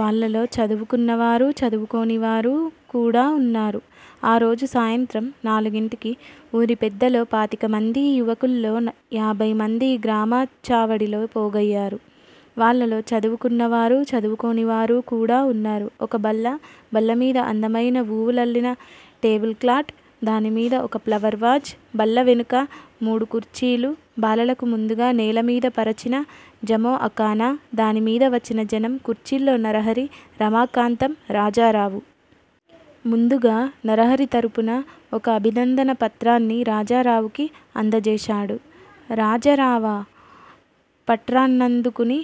వాళ్ళలో చదువుకున్న వారూ, చదువుకోనివారూ, కూడా ఉన్నారు. ఆ రోజు సాయంత్రం నాలుగింటికి _ ఊరి పెద్దలో పాతికమందీ, యువకుల్లో యాభైమందీ గ్రామా చావడిలో పోగయ్యారు. వాళ్ళలో చదువుకున్న వారూ, చదువుకొనివారూ కూడా ఉన్నారు. ఒక బల్ల, బల్లమీద అందమయిన వూవులల్లిన టేబుల్ క్లాట్, దానిమీద ఒక ప్లవర్ వాజ్, బల్లవెనుక మూడు కుర్చీలు బాలలకు ముందుగా నేలమీద పరచిన జమోఅకానా _ దానిమీద వచ్చిన జనం, కుర్చీల్లో నరహరి, రమాకాంతం, రాజారావు. ముందుగా నరహరి తరుపున ఒక అభినందన పత్రాన్ని రాజారావుకి అందజేశాడు. రాజరావా పట్రాన్నందుకుని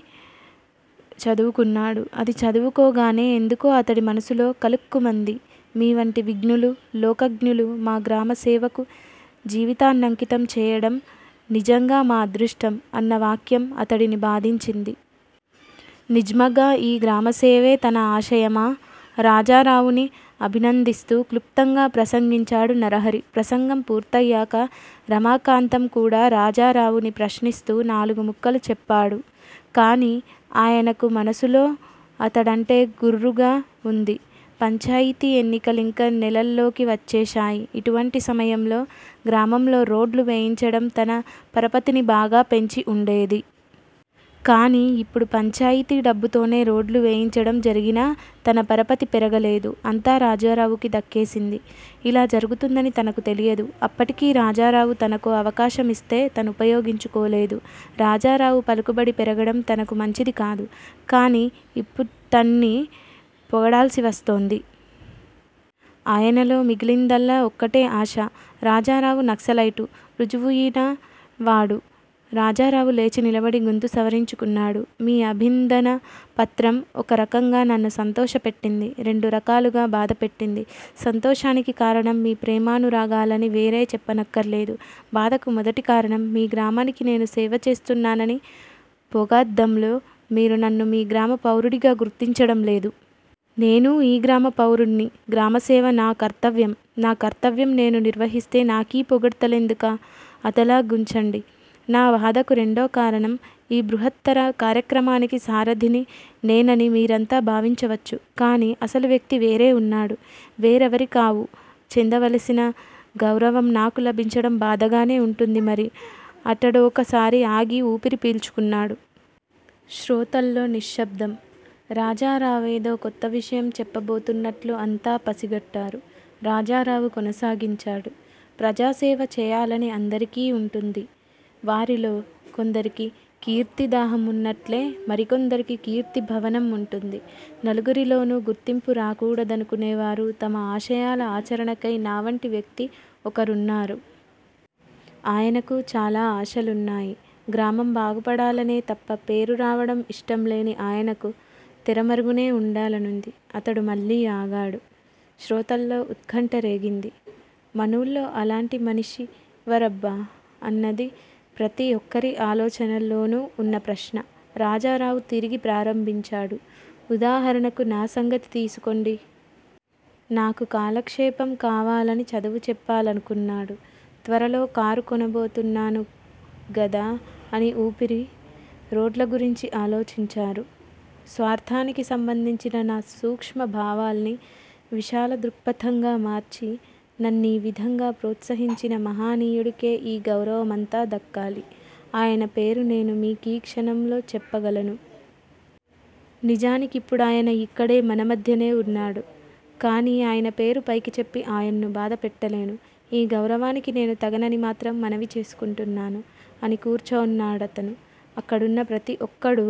చదువుకున్నాడు. అది చదువుకోగానే ఎందుకో అతడి మనసులో కలుక్కుమంది _ మీ వంటి విజ్ఞులు, లోకజ్ఞులు మా గ్రామసేవకు జీవితాన్నంకితం చేయడం నిజంగా మా అదృష్టం _ అన్న వాక్యం అతడిని బాధించింది. నిజ్మగా ఈ గ్రామసేవే తన ఆశయమా? రాజారావుని అభినందిస్తూ క్లుప్తంగా ప్రసంగించాడు నరహరి. ప్రసంగం పూర్తయ్యాక రమాకాంతం కూడా రాజరావుని ప్రశ్నిస్తూ నాలుగు ముక్కలు చెప్పాడు. కానీ ఆయనకు మనసులో అతడంటే గుర్రుగా వుంది. పంచాయితీ ఎన్నికలింక నేలల్లోకి వచ్చేశాయి. ఇటువంటి సమయంలో గ్రామంలో రోడ్డ్లు వేయించడం తన పరపతని బాగా పెంచి ఉండేది. కానీ యిప్పుడు పంచాయితీ డబ్బుతోనే రోడ్డ్లు వేయించడం జరిగినా _ తన పరపతి పెరగలేదు. అంతా రాజారావుకి దక్కే సింది. ఇలా జరుగుతుందని తనకు తెలియదు. అప్పటికీ రాజారావు తనకో అవకాశమిస్తే తనుపయోగించుకోలేదు. రాజారావు పలుకుబడి పెరగడం తనకు మంచిదికాదు. కానీ తనే ఇప్పుతడ్ని పొగడాల్సి వస్తోంది. ఆయనలో మిగిలిందల్లా ఒక్కటే ఆశ __ రాజారావు నక్సలైటు రుజువుయినవాడు రాజారావు లేచి నిలబడి గొంతు సవరించుకున్నాడు. మీ అభింధన పత్రం ఒక రకంగా నన్ను సంతోషపెట్టింది. రెండు రకాలుగా బాధపెట్టింది. సంతోషానికి కారణం మీ ప్రేమానురాగాలని వేరే చెప్పనక్కర్లేదు బాధకు మొదటి కారణం __ మీ గ్రామానికి నేను సేవ చేస్తున్నానని పోగాద్దంలో మీరు నన్ను మీ గ్రామ పౌరుడిగా గుర్తించడం లేదు. నేనూ ఈ గ్రామ పౌరుడ్ని. గ్రామ సేవ నా కర్తవ్యం. నా కర్తవ్యం నేను నిర్వహిస్తే నాకీ పొగడ్తలెందుక? అదలా గుంచండి. నా బాధకు రెండోకారణం _ ఈ బృహత్తర కార్యక్రమానికి సారధిని నేనని మీరంతా భావించవచ్చు కానీ, అసలు వ్యక్తి వేరే ఉన్నాడు. వేరేవరికావు చెందవలసిన గౌరవం నాకు లభించడం బాధగానే ఉంటుంది మరి అటడోకసారి ఆగి ఊపిరి పీల్చుకున్నాడు. శ్రోతల్లో నిశ్శబ్దం. రాజరావేదో కొత్త విషయం చెప్పబోతున్నట్లు అంతా పసిగట్టారు. రాజారావు కొనసాగించాడు. __ ప్రజాసేవ చేయాలని అందరికీ ఉంటుంది. వారిలో కొందరికి కీర్తి దాహమున్నట్ట్లే, మరి కొందరికి కీర్తిభవనం ఉంటుంది. నలుగురిలోనూ గుర్తింపు రాకూడదనుకునేవారు __ తమ ఆశయాల ఆచరణకై నావంటి వ్యక్తి ఒకరున్నారు. ఆయనకూ చాలా ఆశయాలున్నాయి. గ్రామం బాగుపడాలనే తప్ప, పేరురావడం ఇష్టంలేని ఆయనకు తెరమరుగునే వుండాలనుంది __ అతడు మళ్ళీ ఆగాడు. శ్రోతల్లో ఉత్కంఠ రేగింది. మనూళ్ళో అలాంటి మనిషివరబ్బా అన్నది ప్రతి ఒక్కరి ఆలోచనల్లోనూ ఉన్న ప్రశ్న. రాజరావు తిరిగి ప్రారంభించాడు _ ఉదాహరణకు నా సంగతి తీసుకొండి. నాకు కాలక్షేపం కావాలని చదువుచెప్పాలనుకున్నాడు. త్వరలో కారు కొనబోతున్నాను గదా అని ఊపిరి రోడ్లగురించి ఆలోచించారు. స్వార్ధానికి సంబంధించిన నా సూక్ష్మభావాల్ని __ విశాల దృక్పథంగా మార్చి __ నన్నీవిధంగా ప్రోత్సహించిన మహనీయుడికే ఈ గౌరవమంతా దక్కాలి. అయన పేరు నేను మీకీ క్షణంలో చెప్పగలను. నిజాని కిప్పుడాయన యిక్కడే, మన మధ్యనే ఉన్నాడు. కానీ అయన పేరు పైకి చెప్పి, ఆయన్ను బాధపెట్టలేను. ఈ గౌరవానికి నేను తగనని మాత్రం మనవి చేసుకుంటున్నాను __ అని కూర్చోన్నాడతను. అక్కడున్న ప్రతి ఒక్కడూ